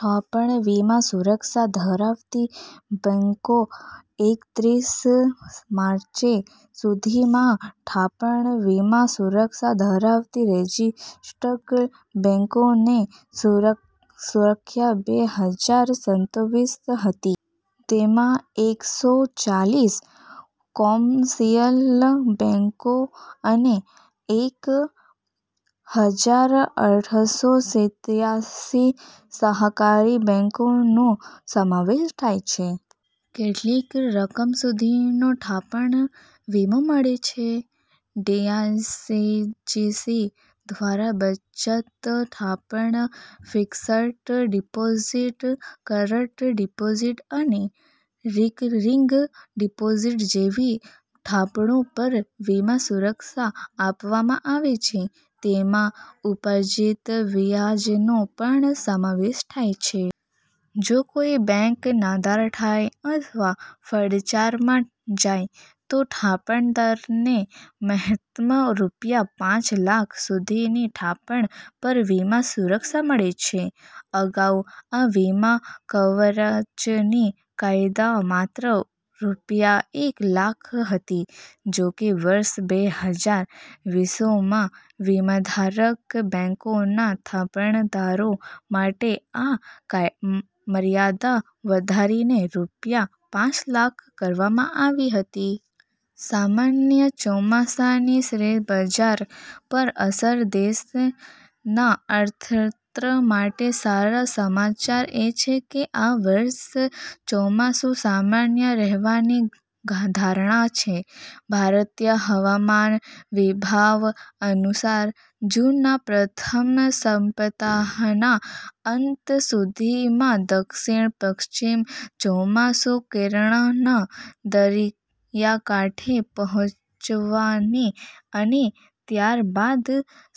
થાપણ વીમા સુરક્ષા ધરાવતી બેંકો એકત્રીસ માર્ચ સુધીમાં થાપણ વીમા સુરક્ષા ધરાવતી રજિસ્ટર્ડ બેંકોની સંખ્યા બે હજાર સત્તાવીસ હતી. તેમાં એકસો ચાલીસ કોમર્શિયલ બેંકો અને એક હજાર આઠસો સિત્યાસી સહકારી બેંકોનો સમાવેશ થાય છે. કેટલી રકમ સુધીનો થાપણ વીમો મળે છે? ડીઆઈસીજીસી દ્વારા બચત થાપણ, ફિક્સ્ડ ડિપોઝિટ, કરંટ ડિપોઝિટ અને રિકરિંગ ડિપોઝિટ જેવી થાપણો પર વીમા સુરક્ષા આપવામાં આવે છે. તેમાં ઉપાર્જિત વ્યાજનો પણ સમાવેશ થાય છે. જો કોઈ બેંક નાદાર થાય અથવા ફડચામાં જાય, તો થાપણદારને મહત્તમ રૂપિયા પાંચ લાખ સુધીની થાપણ પર વીમા સુરક્ષા મળે છે. અગાઉ આ વીમા કવચની મર્યાદા માત્ર રૂપિયા એક લાખ હતી. જોકે, વર્ષ બે હજાર વીસમાં વીમાધારક બેંકોના થાપણદારો માટે આ મર્યાદા વધારીને રૂપિયા પાંચ લાખ કરવામાં આવી હતી. સામાન્ય ચોમાસાની શેરબજાર પર અસર દેશના અર્થતંત્ર માટે સારા સમાચાર એ છે કે આ વર્ષે ચોમાસું સામાન્ય રહેવાની ધારણા છે. ભારતીય હવામાન વિભાગ અનુસાર, જૂનના પ્રથમ સપ્તાહના અંત સુધીમાં દક્ષિણ-પશ્ચિમ ચોમાસું કેરળના દરિયાકાંઠે પહોંચવાની અને ત્યારબાદ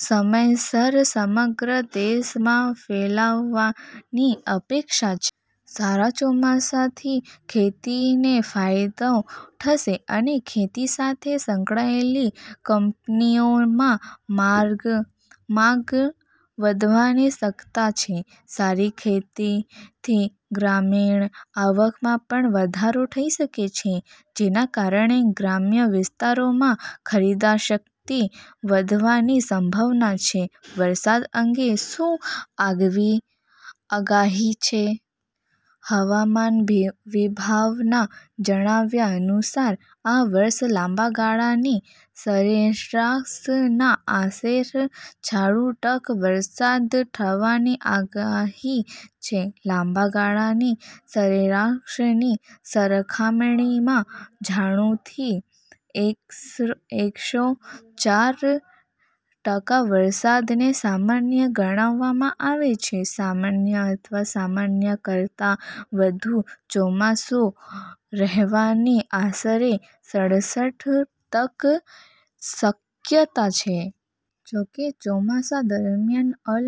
સમયસર સમગ્ર દેશમાં ફેલાવાની અપેક્ષા છે. સારા ચોમાસાથી ખેતીને ફાયદો થશે અને ખેતી સાથે સંકળાયેલી કંપનીઓમાં માંગ વધવાની શક્યતા છે. સારી ખેતીથી ગ્રામીણ આવકમાં પણ વધારો થઈ શકે છે, જેના કારણે ગ્રામ્ય વિસ્તારોમાં ખરીદશક્તિ વધવાની સંભાવના છે. વરસાદ અંગે શું આગાહી છે? હવામાન વિભાગના જણાવ્યા અનુસાર, આ વર્ષે લાંબા ગાળાની સરેરાશના આશરે છાણું ટકા વરસાદ થવાની આગાહી છે. લાંબા ગાળાની સરેરાશની સરખામણીમાં છાણુંથી એકસો ચાર ટકા વરસાદને સામાન્ય ગણવામાં આવે છે. સામાન્ય અથવા સામાન્ય કરતાં વધુ ચોમાસું રહેવાની આશરે સડસઠ ટકા શક્યતા છે. જોકે, ચોમાસા દરમિયાન અલ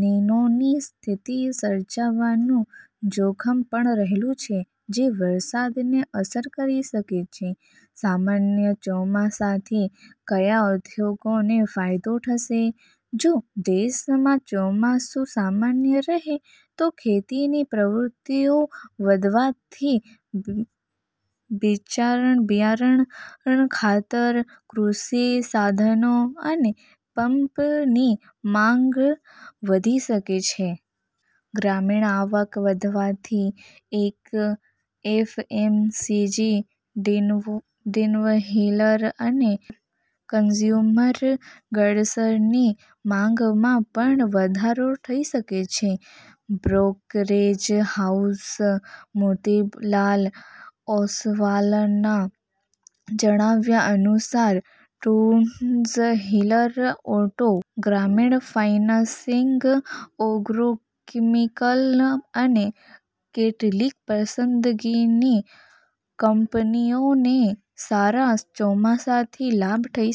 નીનોની સ્થિતિ સર્જાવાનું જોખમ પણ રહેલું છે, જે વરસાદને અસર કરી શકે છે. સામાન્ય ચોમાસાથી કયા ઉદ્યોગોને ફાયદો થશે? જો દેશમાં ચોમાસું સામાન્ય રહે, તો ખેતીની પ્રવૃત્તિઓ વધવાથી બિયારણ, ખાતર, કૃષિ સાધનો અને પંપની માંગ વધી શકે છે. ગ્રામીણ આવક વધવાથી એફએમસીજી, ટુ-વ્હીલર અને કન્ઝ્યુમર ગુડ્સની માંગમાં પણ વધારો થઈ શકે છે. બ્રોકરેજ હાઉસ મોતીલાલ ઓસવાલના જણાવ્યા અનુસાર, ટુ-વ્હીલર, ઓટો, ગ્રામીણ ફાઇનાન્સિંગ, એગ્રોકેમિકલ અને કેટલીક પસંદગીની કંપનીઓને સારા ચોમાસાથી લાભ થઈ શકે છે.